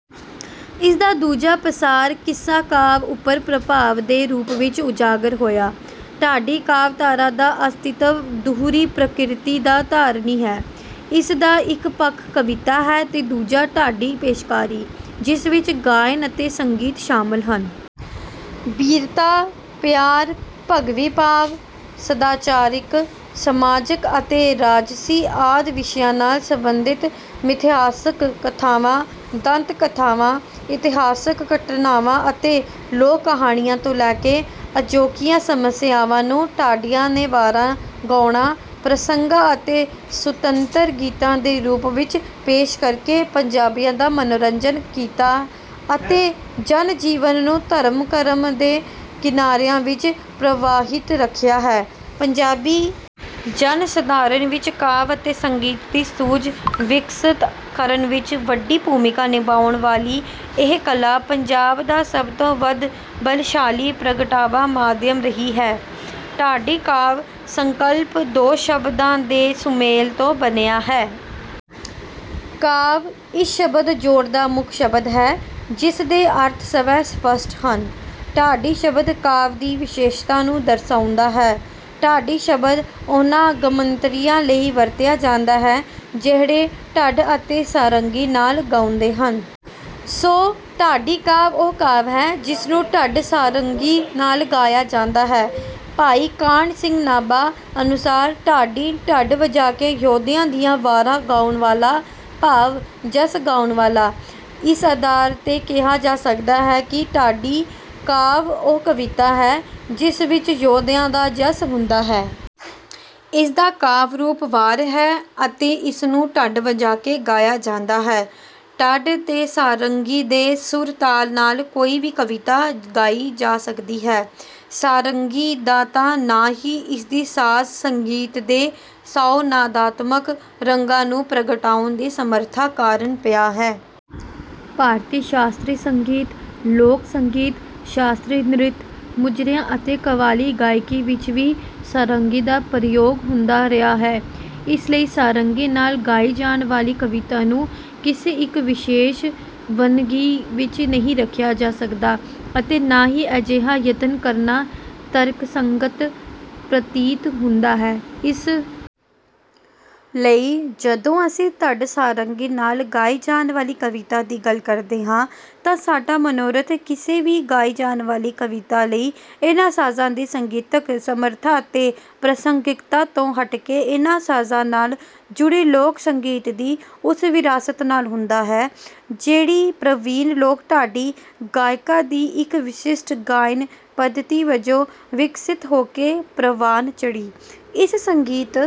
ਇਸ ਦਾ ਦੂਜਾ ਪਸਾਰ ਕਿੱਸਾ-ਕਾਵਿ ਉੱਪਰ ਪ੍ਰਭਾਵ ਦੇ ਰੂਪ ਵਿੱਚ ਉਜਾਗਰ ਹੋਇਆ। ਢਾਡੀ ਕਾਵਿ-ਧਾਰਾ ਦਾ ਅਸਤਿਤਵ ਦੂਹਰੀ ਪ੍ਰਕਿਰਤੀ ਦਾ ਧਾਰਨੀ ਹੈ। ਇਸ ਦਾ ਇੱਕ ਪੱਖ ਕਵਿਤਾ ਹੈ ਤੇ ਦੂਜਾ ਢਾਡੀ ਪੇਸ਼ਕਾਰੀ, ਜਿਸ ਵਿੱਚ ਗਾਇਨ ਅਤੇ ਸੰਗੀਤ ਸ਼ਾਮਲ ਹਨ। ਬੀਰਤਾ, ਪਿਆਰ, ਭਗਤੀ-ਭਾਵ, ਸਦਾਚਾਰਿਕ, ਸਮਾਜਿਕ ਅਤੇ ਰਾਜਸੀ ਆਦਿ ਵਿਸ਼ਿਆਂ ਨਾਲ ਸੰਬੰਧਿਤ ਮਿਥਿਹਾਸਿਕ ਕਥਾਵਾਂ, ਦੰਤ-ਕਥਾਵਾਂ, ਇਤਿਹਾਸਕ ਘਟਨਾਵਾਂ ਅਤੇ ਲੋਕ-ਕਹਾਣੀਆਂ ਤੋਂ ਲੈ ਕੇ ਅਜੋਕੀਆਂ ਸਮੱਸਿਆਵਾਂ ਨੂੰ ਢਾਡੀਆਂ ਨੇ ਵਾਰਾਂ, ਗੌਣਾਂ, ਪ੍ਰਸੰਗਾਂ ਅਤੇ ਸੁਤੰਤਰ ਗੀਤਾਂ ਦੇ ਰੂਪ ਵਿੱਚ ਪੇਸ਼ ਕਰਕੇ ਪੰਜਾਬੀਆਂ ਦਾ ਮਨੋਰੰਜਨ ਕੀਤਾ ਅਤੇ ਜਨ-ਜੀਵਨ ਨੂੰ ਧਰਮ-ਕਰਮ ਦੇ ਕਿਨਾਰਿਆਂ ਵਿੱਚ ਪ੍ਰਵਾਹਿਤ ਰੱਖਿਆ ਹੈ। ਪੰਜਾਬੀ ਜਨ-ਸਧਾਰਨ ਵਿੱਚ ਕਾਵਿ ਅਤੇ ਸੰਗੀਤ ਦੀ ਸੂਝ ਵਿਕਸਿਤ ਕਰਨ ਵਿੱਚ ਵੱਡੀ ਭੂਮਿਕਾ ਨਿਭਾਉਣ ਵਾਲੀ ਇਹ ਕਲਾ ਪੰਜਾਬ ਦਾ ਸਭ ਤੋਂ ਵੱਧ ਬਲਸ਼ਾਲੀ ਪ੍ਰਗਟਾਵਾ-ਮਾਧਿਅਮ ਰਹੀ ਹੈ। ‘ਢਾਡੀ ਕਾਵਿ’ ਸੰਕਲਪ ਦੋ ਸ਼ਬਦਾਂ ਦੇ ਸੁਮੇਲ ਤੋਂ ਬਣਿਆ ਹੈ। ‘ਕਾਵਿ’ ਇਸ ਸ਼ਬਦ-ਜੋੜ ਦਾ ਮੁੱਖ ਸ਼ਬਦ ਹੈ, ਜਿਸ ਦੇ ਅਰਥ ਸਵੈ-ਸਪੱਸ਼ਟ ਹਨ। ‘ਢਾਡੀ’ ਸ਼ਬਦ ਕਾਵਿ ਦੀ ਵਿਸ਼ੇਸ਼ਤਾ ਨੂੰ ਦਰਸਾਉਂਦਾ ਹੈ। ਢਾਡੀ ਸ਼ਬਦ ਉਨ੍ਹਾਂ ਗਮੰਤਰੀਆਂ ਲਈ ਵਰਤਿਆ ਜਾਂਦਾ ਹੈ, ਜਿਹੜੇ ਢੱਡ ਅਤੇ ਸਾਰੰਗੀ ਨਾਲ ਗਾਉਂਦੇ ਹਨ। ਸੋ, ਢਾਡੀ ਕਾਵਿ ਉਹ ਕਾਵਿ ਹੈ, ਜਿਸ ਨੂੰ ਢੱਡ-ਸਾਰੰਗੀ ਨਾਲ ਗਾਇਆ ਜਾਂਦਾ ਹੈ। ਭਾਈ ਕਾਨ੍ਹ ਸਿੰਘ ਨਾਭਾ ਅਨੁਸਾਰ, “ਢਾਢੀ—ਢੱਡ ਵਜਾ ਕੇ ਯੋਧਿਆਂ ਦੀਆਂ ਵਾਰਾਂ ਗਾਉਣ ਵਾਲਾ; ਭਾਵ, ਜਸ ਗਾਉਣ ਵਾਲਾ।”ਇਸ ਆਧਾਰ ’ਤੇ ਕਿਹਾ ਜਾ ਸਕਦਾ ਹੈ ਕਿ ਢਾਡੀ ਕਾਵਿ ਉਹ ਕਵਿਤਾ ਹੈ, ਜਿਸ ਵਿੱਚ ਯੋਧਿਆਂ ਦਾ ਜਸ ਹੁੰਦਾ ਹੈ। ਇਸ ਦਾ ਕਾਵਿ-ਰੂਪ ‘ਵਾਰ’ ਹੈ ਅਤੇ ਇਸ ਨੂੰ ਢੱਡ ਵਜਾ ਕੇ ਗਾਇਆ ਜਾਂਦਾ ਹੈ। ਢੱਡ ਤੇ ਸਾਰੰਗੀ ਦੇ ਸੁਰ-ਤਾਲ ਨਾਲ ਕੋਈ ਵੀ ਕਵਿਤਾ ਗਾਈ ਜਾ ਸਕਦੀ ਹੈ। ਸਾਰੰਗੀ ਦਾ ਤਾਂ ਨਾਂ ਹੀ ਇਸ ਦੀ ਸਾਜ਼-ਸੰਗੀਤ ਦੇ ਸੌ ਨਾਦਾਤਮਕ ਰੰਗਾਂ ਨੂੰ ਪ੍ਰਗਟਾਉਣ ਦੀ ਸਮਰੱਥਾ ਕਾਰਨ ਪਿਆ ਹੈ। ਭਾਰਤੀ ਸ਼ਾਸਤਰੀ ਸੰਗੀਤ, ਲੋਕ-ਸੰਗੀਤ, ਸ਼ਾਸਤਰੀ ਨ੍ਰਿਤ, ਮੁਜਰਿਆਂ ਅਤੇ ਕਵਾਲੀ ਗਾਇਕੀ ਵਿੱਚ ਵੀ ਸਾਰੰਗੀ ਦਾ ਪ੍ਰਯੋਗ ਹੁੰਦਾ ਰਿਹਾ ਹੈ। ਇਸ ਲਈ ਸਾਰੰਗੀ ਨਾਲ ਗਾਈ ਜਾਣ ਵਾਲੀ ਕਵਿਤਾ ਨੂੰ ਕਿਸੇ ਇੱਕ ਵਿਸ਼ੇਸ਼ ਵੰਨਗੀ ਵਿੱਚ ਨਹੀਂ ਰੱਖਿਆ ਜਾ ਸਕਦਾ ਅਤੇ ਨਾ ਹੀ ਅਜਿਹਾ ਯਤਨ ਕਰਨਾ ਤਰਕਸੰਗਤ ਪ੍ਰਤੀਤ ਹੁੰਦਾ ਹੈ। ਇਸ ਲਈ, ਜਦੋਂ ਅਸੀਂ ਢੱਡ-ਸਾਰੰਗੀ ਨਾਲ ਗਾਈ ਜਾਣ ਵਾਲੀ ਕਵਿਤਾ ਦੀ ਗੱਲ ਕਰਦੇ ਹਾਂ ਤਾਂ ਸਾਡਾ ਮਨੋਰਥ ਕਿਸੇ ਵੀ ਗਾਈ ਜਾਣ ਵਾਲੀ ਕਵਿਤਾ ਲਈ ਇਨ੍ਹਾਂ ਸਾਜ਼ਾਂ ਦੀ ਸੰਗੀਤਕ ਸਮਰੱਥਾ ਅਤੇ ਪ੍ਰਸੰਗਿਕਤਾ ਤੋਂ ਹਟ ਕੇ ਇਨ੍ਹਾਂ ਸਾਜ਼ਾਂ ਨਾਲ ਜੁੜੀ ਲੋਕ-ਸੰਗੀਤ ਦੀ ਉਸ ਵਿਰਾਸਤ ਨਾਲ ਹੁੰਦਾ ਹੈ, ਜਿਹੜੀ ਪ੍ਰਵੀਣ ਲੋਕ-ਢਾਡੀ ਗਾਇਕਾਂ ਦੀ ਇੱਕ ਵਿਸ਼ਿਸ਼ਟ ਗਾਇਣ-ਪੱਧਤੀ ਵਜੋਂ ਵਿਕਸਿਤ ਹੋ ਕੇ ਪ੍ਰਵਾਨ ਚੜ੍ਹੀ। ਇਸ ਸੰਗੀਤ…